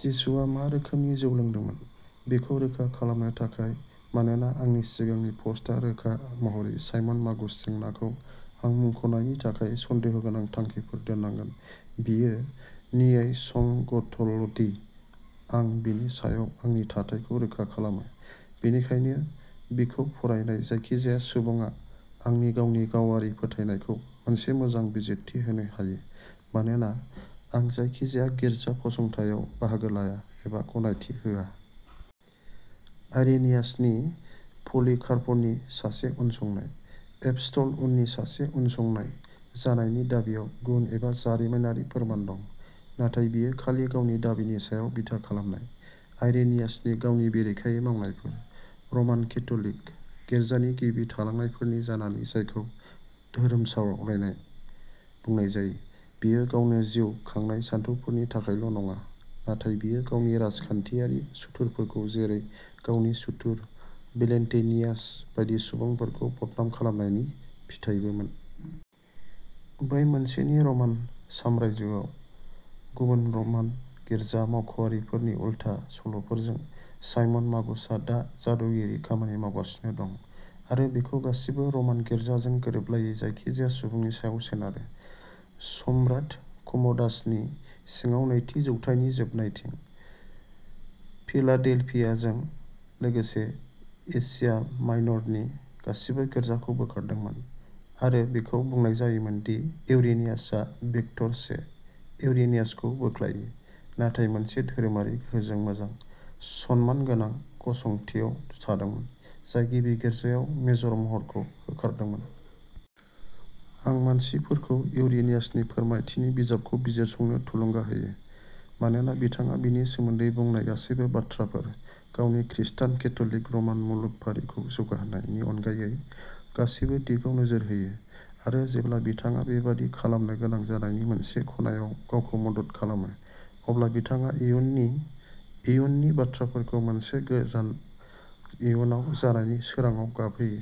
जिसुआ मा रोखोमनि जौ लोंदोंमोन? बेखौ रोखा खालामनो थाखाय, मानोना आंनि सिगांनि पस्टआ रोखा महरै साइमन मागुस जेंनाखौ आं मुंख'नायनि थाखाय सन्देहगोनां थांखिफोर दोननांगोन बेयो न्यायसंगतल'दि आं बेनि सायाव आंनि थाथायखौ रोखा खालामो, बेनिखायनो बेखौ फरायनाय जायखिजाया सुबुङा आंनि गावनि गावारि फोथायनायखौ मोनसे मोजां बिजिरथि होनो हायो, मानोना आं जायखिजाया गिर्जा फसंथायाव बाहागो लाया एबा गनायथि होआ। आइरेनियासनि पलिकार्पनि सासे उनसंनाय, एपस्टल जननि सासे उनसंनाय जानायनि दाबिआव गुन एबा जारिमिनारि फोरमान दं, नाथाय बेयो खालि गावनि दाबिनि सायाव बिथा खालामनाय। आइरेनियासनि गावनि बेरेखायै मावनायफोर, रमान केथ'लिक गिर्जानि गिबि थालांनायफोरनि जानानै जायखौ "धोरोमसावराय" बुंनाय जायो, बियो गावनो जिउ खांनाय सानथौफोरनि थाखायल' नङा; नाथाय बियो गावनि राजखान्थियारि सुथुरफोरखौ जेरै- गावनि सुथुर, भेलेन्टिनियास बायदि सुबुंफोरखौ बदनाम खालामनायनि फिथायबोमोन। बै मोनसेनि रमान साम्रायजोआव गुबुन रमान गिर्जा मावख'आरिफोरनि उल्था सल'फोरजों, साइमन मागुसआ दा जादुगिरि खामानि मावगासिनो दं आरो बेखौ गासिबो र'मान गिर्जाजों गोरोबलायै जायखिजाया सुबुंनि सायाव सोनारो। सम्राट कम'डासनि सिङाव नैथि जौथाइनि जोबनायथिं, फिलाडेल्फियाजों लोगोसे एशिया माइनरनि गासिबो गिर्जाखौ बोखारदोंमोन, आरो बेखौ बुंनाय जायोमोन दि इरेनियासआ भिक्टर से, इरेनियासखौ "बोख्लायो", नाथाय मोनसे धोरोमारि गोहोजों मोजां, सनमानगोनां गसंथियाव थादोंमोन, जाय गिबि गिर्जायाव मेजर महरखौ होखारदोंमोन। आं मानसिफोरखौ इरेनियासनि फोरमायथिनि बिजाबखौ बिजिरसंनो थुलुंगा होयो, मानोना बिथाङा बेनि सोमोन्दै बुंनाय गासैबो बाथ्राफोर, गावनि "खृष्टान केथ'लिक र'मान मुलुग फारिखौ जौगाहोनाय" नि अनगायै गासैबो दिगाव नोजोर होयो आरो जेब्ला बिथाङा बेबादि खालामनो गोनां जानायनि मोनसे खनायाव गावखौ मदद खालामो, अब्ला बिथाङा इयुननि इयुननि बाथ्राफोरखौ मोनसे गोजान इयुनाव जानायनि सोरांङाव गाबहोयो,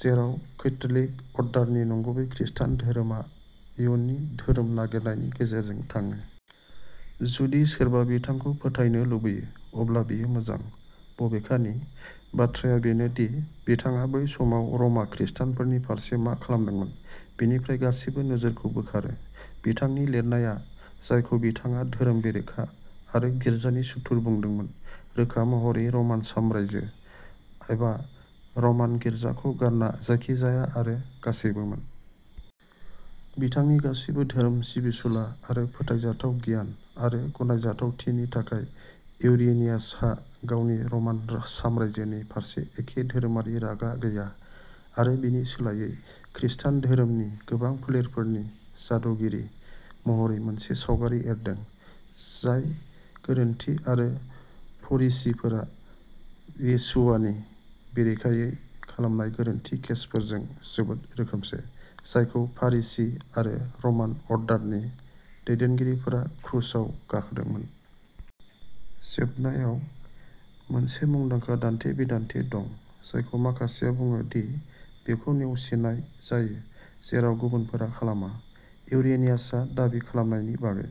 जेराव कैथलिक अर्डारनि नंगुबै खृस्टान धोरोमा इयुननि धोरोम नागारनायनि गेजेरजों थाङो। जुदि सोरबा बिथांखौ फोथायनो लुबैयो, अब्ला बेयो मोजां। बबेखानि, बाथ्राया बेनो दि, बिथाङा बै समाव र'मआ खृस्टानफोरनि फारसे मा खालामदोंमोन बेनिफ्राय गासैबो नोजोरखौ बोखारो। बिथांनि लिरनाया जायखौ बिथाङा धोरोम बेरेखा आरो गिर्जानि सुथुर बुंदोंमोन, रोखा महरै रमान साम्रायजो एबा रमान गिर्जाखौ गारना जायखिजाया आरो गासैबोमोन। बिथांनि गासैबो धोरोम सिबिसुला आरो फोथायजाथाव गियान आरो गनायजाथावथिनि थाखाय, इरेनियासहा गावनि रमान साम्रायजोनि फारसे एखे धोरोमारि रागा गैया आरो बेनि सोलायै, खृस्टान धोरोमनि गोबां फोलेरफोरनि "जादुगिरि" महरै मोनसे सावगारि एरदों जाय गोरोन्थि आरो फरिसीफोरा येशुवानि बेरेखायै खालामनाय गोरोन्थि केसफोरजों जोबोद रोखोमसे, जायखौ फारिसी आरो रमान अर्डारनि, दैदेनगिरिफोरा क्रुसाव गाखोदोंमोन। जोबनायाव, मोनसे मुंदांखा दान्थे-बिदान्थे दं जायखौ माखासेया बुङो दि बेखौ नेवसिनाय जायो जेराव गुबुनफोरा खालामा, इरेनियासआ दाबि खालामनायनि बागै।